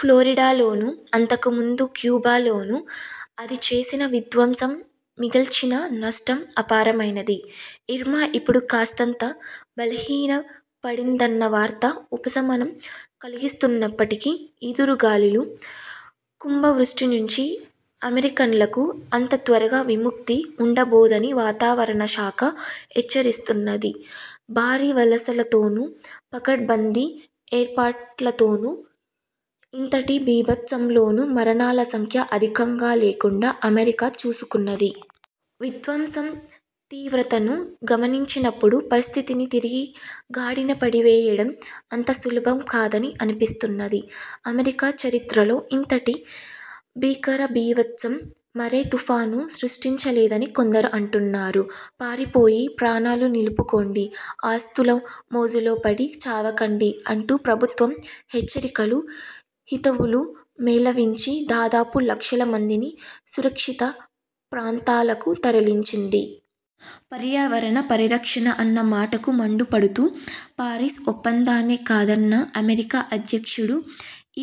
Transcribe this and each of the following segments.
ఫ్లోరిడాలోనూ, అంతకుముందు క్యూబాలోనూ అది చేసిన విధ్వంసం, మిగల్చిన నష్టం అపారమైనది. ఇర్మా ఇప్పుడు కాస్తంత బలహీనపడిందన్న వార్త ఉపశమనం కలిగిస్తున్నప్పటికీ, ఈదురు గాలులూ, కుంభవృష్టినుంచి అమెరికన్లకు అంత త్వరగా విముక్తి ఉండబోదని వాతావరణశాఖ హెచ్చరిస్తున్నది. భారీవలసలతోనూ, పకడ్బందీ ఏర్పాట్లతోనూ ఇంతటి బీభత్సంలోనూ మరణాల సంఖ్య అధికంగా లేకుండా అమెరికా చూసుకున్నది. విధ్వంసం తీవ్రతను గమనించినప్పుడు పరిస్థితిని తిరిగి గాడిన పడవేయడం అంత సులభం కాదని అనిపిస్తున్నది. అమెరికా చరిత్రలో ఇంతటి భీకరబీభత్సం మరే తుఫానూ సృష్టించలేదని కొందరు అంటున్నారు. పారిపోయి ప్రాణాలు నిలుపుకోండి, ఆస్తుల మోజులో పడి చావకండి అంటూ ప్రభుత్వం హెచ్చరికలు, హితవులు మేళవించి దాదాపు లక్షల మందిని సురక్షిత ప్రాంతాలకు తరలించింది. పర్యావరణ పరిరక్షణ అన్న మాటకు మండిపడుతూ, పారిస్ ఒప్పందాన్నే కాదన్న అమెరికా అధ్యక్షుడు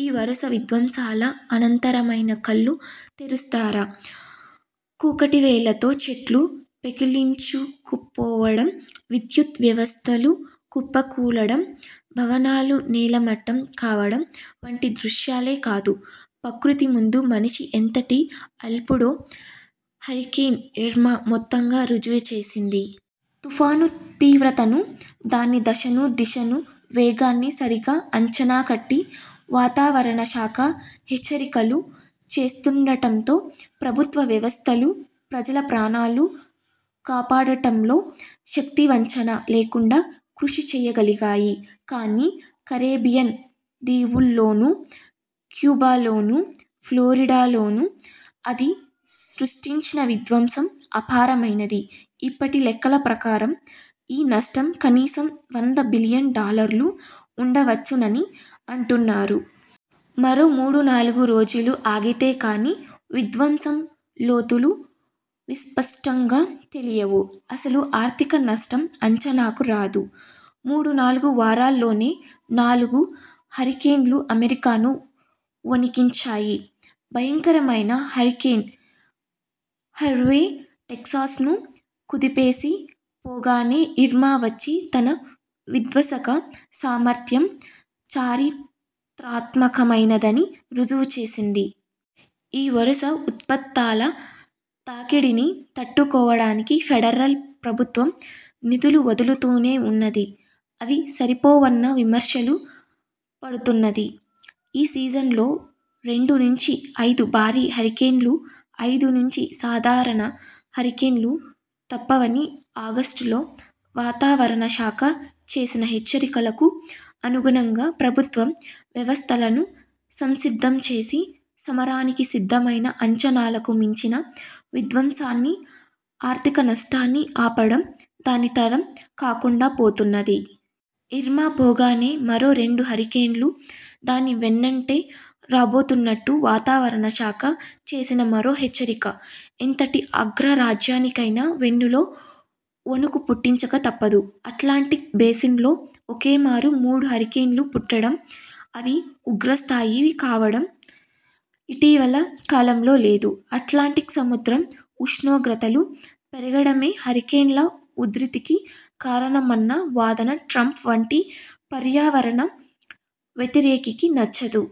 ఈ వరుస విధ్వంసాల అనంతరమైనా కళ్ళు తెరుస్తారా? కూకటివేళ్ళతో చెట్లు పెకిలించుకుపోవడం, విద్యుత్ వ్యవస్థలు కుప్పకూలడం, భవనాలు నేలమట్టం కావడం వంటి దృశ్యాలే కాదు, ప్రకృతి ముందు మనిషి ఎంతటి అల్పుడో హరికేన్ ఇర్మా మొత్తంగా రుజువుచేసింది. తుపాను తీవ్రతను, దాని దశనూ దిశనూ వేగాన్నీ సరిగా అంచనాకట్టి వాతావరణశాఖ హెచ్చరికలు చేస్తుండటంతో ప్రభుత్వ వ్యవస్థలు ప్రజల ప్రాణాలు కాపాడటంలో శక్తివంచన లేకుండా కృషిచేయగలిగాయి. కానీ, కరేబియన్ దీవుల్లోనూ, క్యూబాలోనూ, ఫ్లోరిడాలోనూ అది సృష్టించిన విధ్వంసం అపారమైనది. ఇప్పటి లెక్కల ప్రకారం ఈ నష్టం కనీసం వంద బిలియన్ డాలర్లు ఉండవచ్చునని అంటున్నారు. మరో మూడునాలుగు రోజులు ఆగితే కానీ విధ్వంసం లోతులు విస్పష్టంగా తెలియవు, అసలు ఆర్థిక నష్టం అంచనాకు రాదు. మూడునాలుగు వారాల్లోనే నాలుగు హరికేన్లు అమెరికాను వొణికించాయి. భయంకరమైన హరికేన్ హార్వే టెక్సాస్ను కుదిపేసి పోగానే ఇర్మా వచ్చి తన విధ్వసక సామర్థ్యం చరిత్రాత్మకమైనదని రుజువుచేసింది. ఈ వరుస ఉత్పాతాల తాకిడిని తట్టుకోవడానికి ఫెడరల్ ప్రభుత్వం నిధులు వదులుతూనే ఉన్నది. అవి సరిపోవన్న విమర్శలూ పడుతున్నది. ఈ సీజన్లో రెండు నుంచి ఐదు భారీ హరికేన్లు, ఐదునుంచి సాధారణ హరికేన్లు తప్పవని ఆగస్టులో వాతావరణశాఖ చేసిన హెచ్చరికలకు అనుగుణంగా ప్రభుత్వం వ్యవస్థలను సంసిద్ధం చేసి సమరానికి సిద్ధమైనా, అంచనాలకు మించిన విధ్వంసాన్నీ, ఆర్థికనష్టాన్నీ ఆపడం దాని తరం కాకుండాపోతున్నది. ఇర్మా పోగానే మరో రెండు హరికేన్లు దానివెన్నంటే రాబోతున్నట్టు వాతావరణశాఖ చేసిన మరో హెచ్చరిక ఎంతటి అగ్రరాజ్యానికైనా వెన్నులో వొణుకుపుట్టించక తప్పదు. అట్లాంటిక్ బేసిన్లో ఒకేమారు మూడు హరికేన్లు పుట్టడం, అవి ఉగ్రస్థాయివి కావడం ఇటీవలి కాలంలో లేదు. అట్లాంటిక్ సముద్రం ఉష్ణోగ్రతలు పెరగడమే హరికేన్ల ఉధృతికి కారణమన్న వాదన ట్రంప్ వంటి పర్యావరణ వ్యతిరేకికి నచ్చదు.